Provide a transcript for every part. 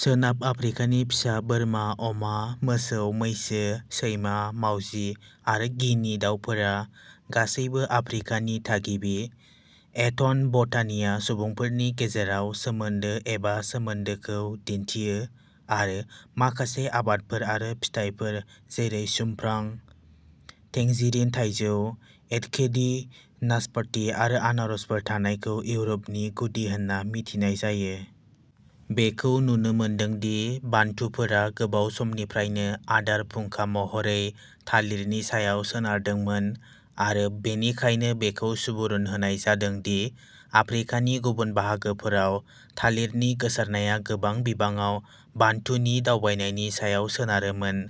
सोनाब आफ्रिकानि फिसा बोरमा अमा मोसौ मैसो सैमा मावजि आरो गिनि दावफोरा गासैबो आफ्रिकानि थागिबि। एथन'बटानिआ सुबुंफोरनि गेजेराव सोमोन्दो एबा सोमोन्दोखौ दिन्थियो आरो माखासे आबादफोर आरो फिथाइफोर जेरै सुमफ्राम टेंजेरिन थाइजौ एभकेडि नासपति आरो आनारसफोर थानायखौ इउर'पनि गुदि होनना मिथिनाय जायो। बेखौ नुनो मोनदों दि बान्टुफोरा गोबाव समनिफ्रायनो आदार फुंखा महरै थालिरनि सायाव सोनारदोंमोन आरो बेनिखायनो बेखौ सुबुरुन होनाय जादों दि आफ्रिकानि गुबुन बाहागोफोराव थालिरनि गोसारनाया गोबां बिबाङाव बान्टुनि दावबायनायनि सायाव सोनारोमोन।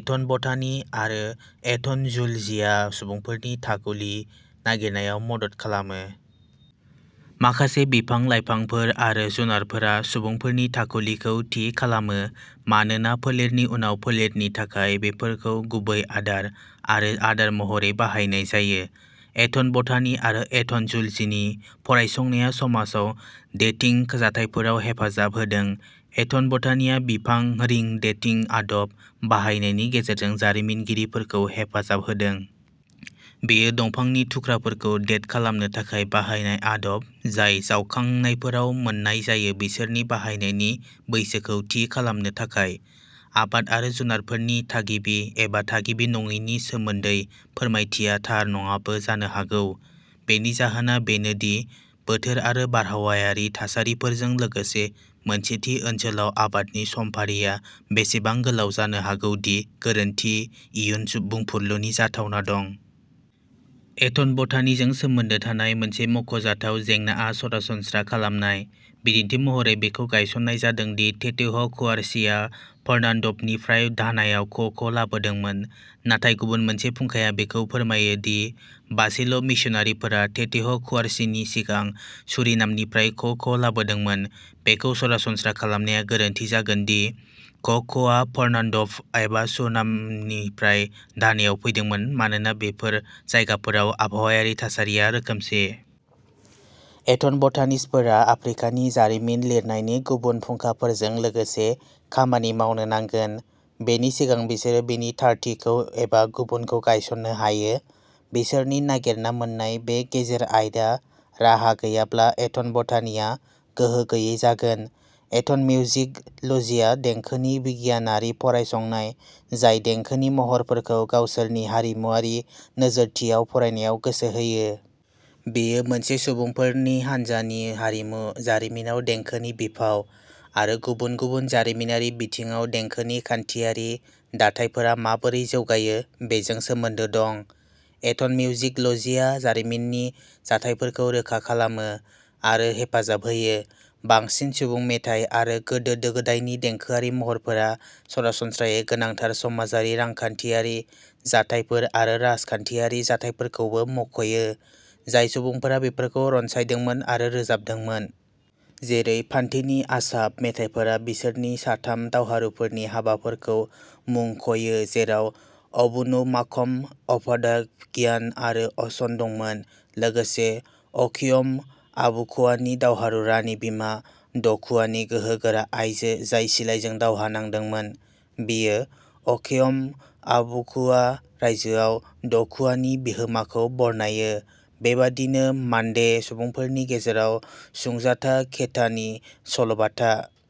एथन'बटानि आरो एथन'जुलजिया सुबुंफोरनि थाखुलि नागिरनायाव मदद खालामो। माखासे बिफां लाइफांफोर आरो जुनारफोरा सुबुंफोरनि थाखुलिखौ थि खालामो मानोना फोलेरनि उनाव फोलेरनि थाखाय बेफोरखौ गुबै आदार आरो आदार महरै बाहायनाय जायो। एथन'बटानि आरो एथन'जुलजिनि फरायसंनाया समाजाव डेटिं जाथायफोराव हेफाजाब होदों। एथन'बटानिआ बिफां रिं डेटिं आदब बाहायनायनि गेजेरजों जारिमिनगिरिफोरखौ हेफाजाब होदों। बेयो दंफांनि थुख्राफोरखौ डेट खालामनो थाखाय बाहायनाय आदब जाय जावखांनायफोराव मोन्नाय जायो बिसोरनि बाहायनायनि बैसोखौ थि खालामनो थाखाय। आबाद आरो जुनारफोरनि थागिबि एबा थागिबि नङैनि सोमोन्दै फोरमायथिया थार नङाबो जानो हागौ। बेनि जाहोना बेनो दि बोथोर आरो बारहावायारि थासारिफोरजों लोगोसे मोनसे थि ओनसोलाव आबादनि समफारिआ बेसेबां गोलाव जानो हागौ दि गोरोन्थि इयुन बुंफुरलुनि जाथावना दं। एथन'बटानिजों सोमोन्दो थानाय मोनसे मख'जाथाव जेंनाआ सरासनस्रा खालामनाय। बिदिन्थि महरै बेखौ गायसननाय जादों दि टेटेह कुवारसिआ फर्नान्डपनिफ्राय धानायाव क' क' लाबोदोंमोन नाथाय गुबुन मोनसे फुंखाया बेखौ फोरमायो दि बासेल मिशनारिफोरा टेटेह कुवारसिनि सिगां सुरिनामनिफ्राय क' क' लाबोदोंमोन बेखौ सरासनस्रा खालामनाया गोरोन्थि जागोन दि क' क' आ फर्नान्डप एबा सुरिनामनिफ्राय धानायाव फैदोंमोन मानोना बेफोर जायगाफोराव बारहावायारि थासारिया रोखोमसे। एथन'बटानिस्टफोरा आफ्रिकानि जारिमिन लिरनायनि गुबुन फुंखाफोरजों लोगोसे खामानि मावनो नांगोन बेनि सिगां बिसोरो बेनि थारथिखौ एबा गुबुनखौ गायसननो हायो। बिसोरनि नागिरना मोन्नाय बे गेजेर आयदा राहा गैयाब्ला एथन'बटानिआ गोहो गैयै जागोन। एथन'मिउजिक'लजिया देंखोनि बिगियानारि फरायसंनाय जाय देंखोनि महरफोरखौ गावसोरनि हारिमुआरि नोजोरथियाव फरायनायाव गोसो होयो। बेयो मोनसे सुबुंफोरनि हान्जानि हारिमु जारिमिनाव देंखोनि बिफाव आरो गुबुन गुबुन जारिमिनारि बिथिङाव देंखोनि खान्थियारि दाथायफोरा माबोरै जौगायो बेजों सोमोन्दो दं। एथन' मिउजिक'लजिया जारिमिननि जाथायफोरखौ रोखा खालामो आरो हेफाजाब होयो। बांसिन सुबुं मेथाइ आरो गोदो गोदायनि देंखोआरि महरफोरा सरासनस्रायै गोनांथार समाजारि रांखान्थियारि जाथायफोर आरो राजखान्थियारि जाथायफोरखौ मुंखयो जाय सुबुंफोरा बेफोरखौ रनसायदोंमोन आरो रोजाबदोंमोन। जेरै फान्तेनि आसाफ'मेथाइफोरा बिसोरनि साथाम दावहारुफोरनि हाबाफोरखौ मुंख'यो जेराव अबुनुमाकम अडापाग्यान आरो असन दंमोन। लोगोसे अकेयम आबुक्वानि दावहारु रानि बिमा ड'कुवा नि गोहो गोरा आइजो जाय सिलाइजों दावहा नांदोंमोन। बेयो अकेयम आबुक्वा रायजोआव ड'कुवा नि बिहोमाखौ बरनायो। बेबायदिनो मान्डे सुबुंफोरनि गेजेराव सुंजाता केइटानि सल'बाथा।